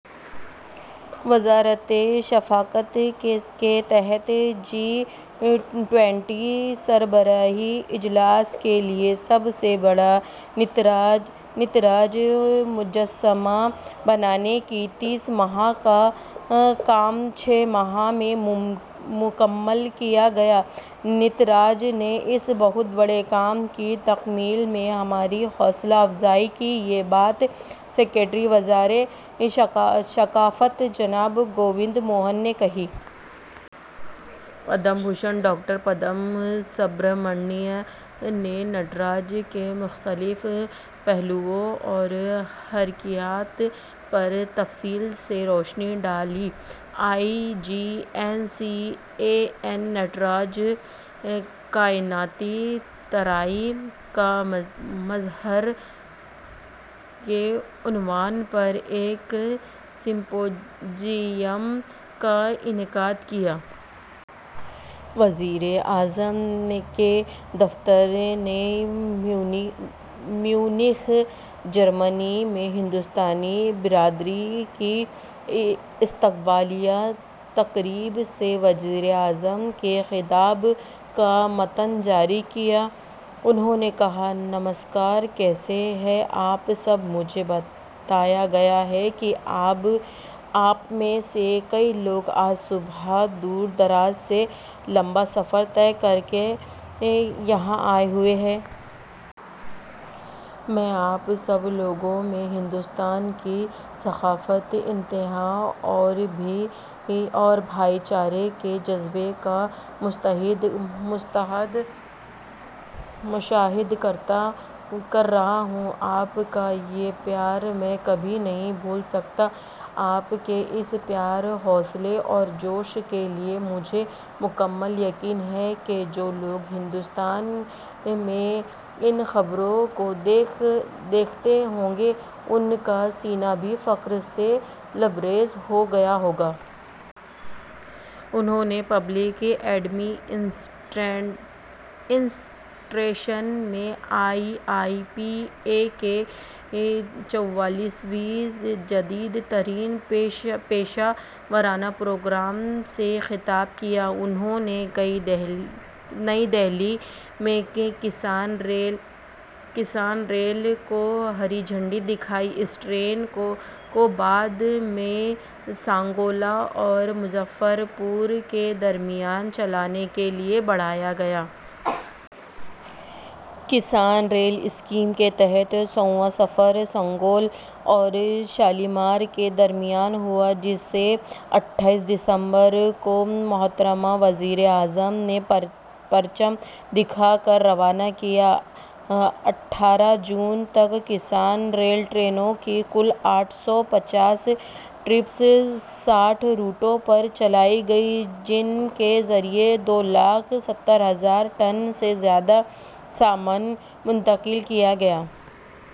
وزارت ثقافت کے تحت جی ٹوئنٹی سربراہی اجلاس کے لیے سب سے بڑا نٹراج مجسمہ بنانے کا تیس ماہ کا کام چھ ماہ میں مکمل کیا گیا۔ نٹراج نے اس بہت بڑے کام کی تکمیل میں ہماری حوصلہ افزائی کی، یہ بات سکریٹری وزارت ثقافت جناب گووند موہن نے کہی۔ پدم بھوشن ڈاکٹر پدما سبرامنیم نے نٹراج کے مختلف پہلوؤں اور حرکیات پر تفصیل سے روشنی ڈالی۔ آئی جی این سی اے نے نٹراج: کائناتی توانائی کا مظہر کے عنوان پر ایک سمپوزیم کا انعقاد کیا۔ وزیر اعظم کے دفتر نے میونخ، جرمنی میں ہندوستانی برادری کی استقبالیہ تقریب سے وزیر اعظم کے خطاب کا متن جاری کیا۔ انہوں نے کہا، نمسکار! کیسے ہیں آپ سب؟ مجھے بتایا گیا ہے کہ آپ میں سے کئی لوگ آج بہت دور دراز سے لمبا سفر طے کر کے یہاں آئے ہوئے ہیں۔ میں آپ سب لوگوں میں ہندوستان کی ثقافت، اتحاد اور بھائی چارے کے جذبے کا مشاہدہ کر رہا ہوں۔ آپ کا یہ پیار میں کبھی نہیں بھول سکتا۔ آپ کے اس پیار، حوصلے اور جوش کے لیے مجھے مکمل یقین ہے کہ جو لوگ ہندوستان میں ان خبروں کو دیکھتے ہوں گے، ان کا سینہ بھی فخر سے لبریز ہو گیا ہوگا۔ انہوں نے پبلک ایڈمنسٹریشن میں آئی آئی پی اے کے چوالیسویں جدید ترین پیشہ ورانہ پروگرام سے خطاب کیا۔ انہوں نے نئی دہلی میں کسان ریل کو ہری جھنڈی دکھائی۔ اس ٹرین کو بعد میں سنگولا اور مظفر پور کے درمیان چلانے کے لیے بڑھایا گیا ہے۔ کسان ریل اسکیم کے تحت سوواں سفر سنگولا اور شالیمار کے درمیان ہوا جسے اٹھائیس دسمبر کو محترم وزیر اعظم نے پرچم دکھا کر روانہ کیا۔ اٹھارہ جون تک کسان ریل ٹرینوں کی کل آٹھ سو پچاس ٹرپس ساٹھ روٹوں پر چلائی گئیں، جن کے ذریعے دو لاکھ ستر ہزار ٹن سے زیادہ سامان منتقل کیا گیا۔